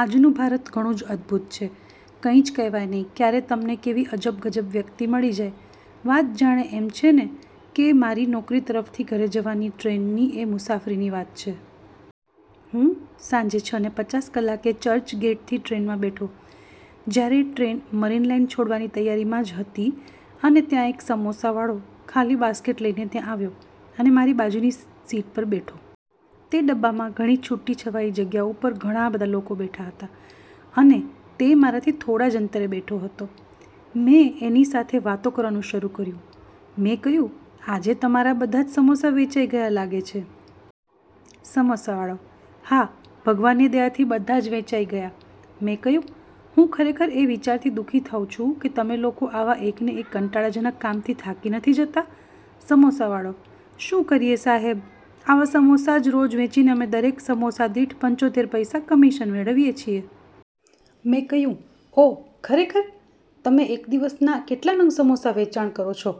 આજનું ભારત ઘણું જ અદભુત છે. કંઈ જ કહેવાય નહિ, ક્યારે તમને કેવી અજબ ગજબ વ્યક્તિ મળી જાય. વાત જાણે એમ છે કે, મારી નોકરી તરફથી ઘરે જવાની ટ્રેનની એ મુસાફરીની વાત છે. હું સાંજે છ ને પચાસ કલાકે ચર્ચગેટથી ટ્રેનમાં બેઠો, જ્યારે ટ્રેન મરીન લાઇન છોડવાની તૈયારીમાં જ હતી અને ત્યાં એક સમોસાવાળૉ ખાલી બાસ્કેટ લઇને ત્યાં આવ્યો અને મારી બાજુની જ સીટ પર બેઠો. તે ડબ્બામાં ઘણી છુટી છવાઈ જગ્યા ઉપર ઘણાં બધા લોકો બેઠા હતા. અને તે મારાથી થોડા જ અંતરે બેઠો હતો. મેં એની સાથે વાતો કરવાનું શરૂ કર્યુ. મેં કહ્યુ, "આજે તમારા બધા જ સમોસા વેચાઇ ગયા લાગે છે. સમોસાવાળૉ: હા ભગવાનની દયાથી બધાજ વેચાઈ ગયા. મેં કહ્યુ: હું ખરેખર એ વિચારથી દુ:ખી થાવ છું કે, તમેં લોકો આવા એકને એક કંટાળાજનક કામથી થાકી નથી જતા? સમોસાવાળો: શુ કરીએ સાહેબ? આવા સમોસા જ રોજ વેચીને અમેં દરેક સમોસા દીઠ પંચોતેર પૈસા કમીશન મેંળવીએ છે. મેં કહ્યુ: ઓહ્!! ખરેખર? તમેં એક દીવસના કેટલા નંગ સમોસા વેચાણ કરો છો?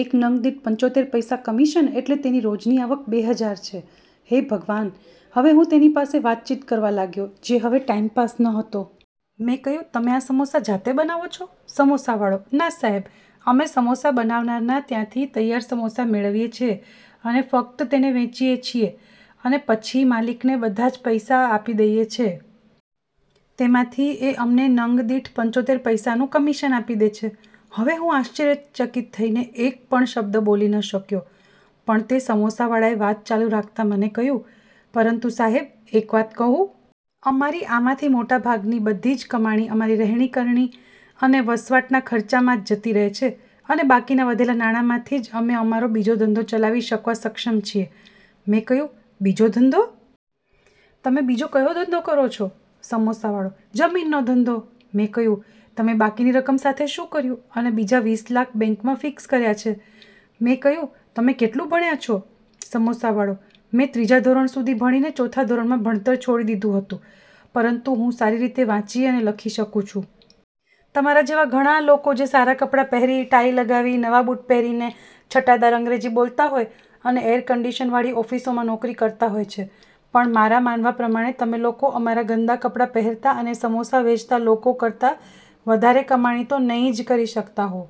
એક નંગદીઠ પંચોતેર પૈસા કમીશન એટલે તેની રોજની આવક બે હજાર છે. હે ભગવાન! હવે હું તેની પાસે વાતચીત કરવા લાગ્યો, જે હવે ટાઇમપાસ ન હતો. મેં કહ્યુ: તમેં આ સમોસા જાતે બનાવો છો? સમોસાવાળો: ના સાહેબ, અમેં સમોસા બનાવનારનાં ત્યાંથી તૈયાર સમોસા મેંળવીએ છે અને ફક્ત તેને વેચીએ છીએ અને પછી માલિકને બધા જ પૈસા આપી દઈએ છે. તેમાંથી એ અમને નંગ દીઠ પંચોતેર પૈસાનું કમીશન આપી દે છે. હવે હું આશ્ચ્રર્યચકિત થઈને એક પણ શબ્દ બોલી ન શક્યો, પણ તે સમોસાવાળાએ વાત ચાલુ રાખતા મને કહ્યુ "પરંતુ સાહેબ એક વાત કહું? અમારી આમાંથી મોટા ભાગની બધી જ કમાણી અમારી રહેણીકરણી અને વસવાટના ખર્ચામાં જ જતી રહે છે અને બાકી વધેલા નાણાંમાંથી જ અમેં અમારો બીજો ધંધો ચલાવી શકવા સક્ષમ છીએ. મેં કહ્યુ: બીજો ધંધો? તમેં બીજો કયો ધંધો કરો છો? સમોસાવાળો: જમીનનો ધંધો. મેં કહ્યુ: તમેં બાકીની રકમ સાથે શું કર્યું? અને બીજા વીસ લાખ બેન્કમાં ફીક્સ કર્યા છે. મેં કહ્યુ: તમે કેટલુ ભણ્યા છો? સમોસાવાળો: મેં ત્રીજા ધોરણ સુધી ભણીને ચોથા ધોરણમાં ભણતર છોડી દીધુ હતું, પરંતુ હું સારી રીતે વાંચી અને લખી શકુ છું. તમારા જેવા ઘણા લોકો જે સારા કપડા પહેરી ટાઈ લગાવી, નવા બુટ પહેરીને છટાદાર અંગ્રેજી બોલતા હોય અને એર કંડીશનવાળી ઓફીસોમાં નોકરી કરતા હોય છે, પણ મારા માનવા પ્રમાણે તમે લોકો અમારા ગંદા કપડા પહેરતા અને સમોસા વેચતા લોકો કરતા વધારે કમાણી તો નઈં જ કરી શકતા હોવ.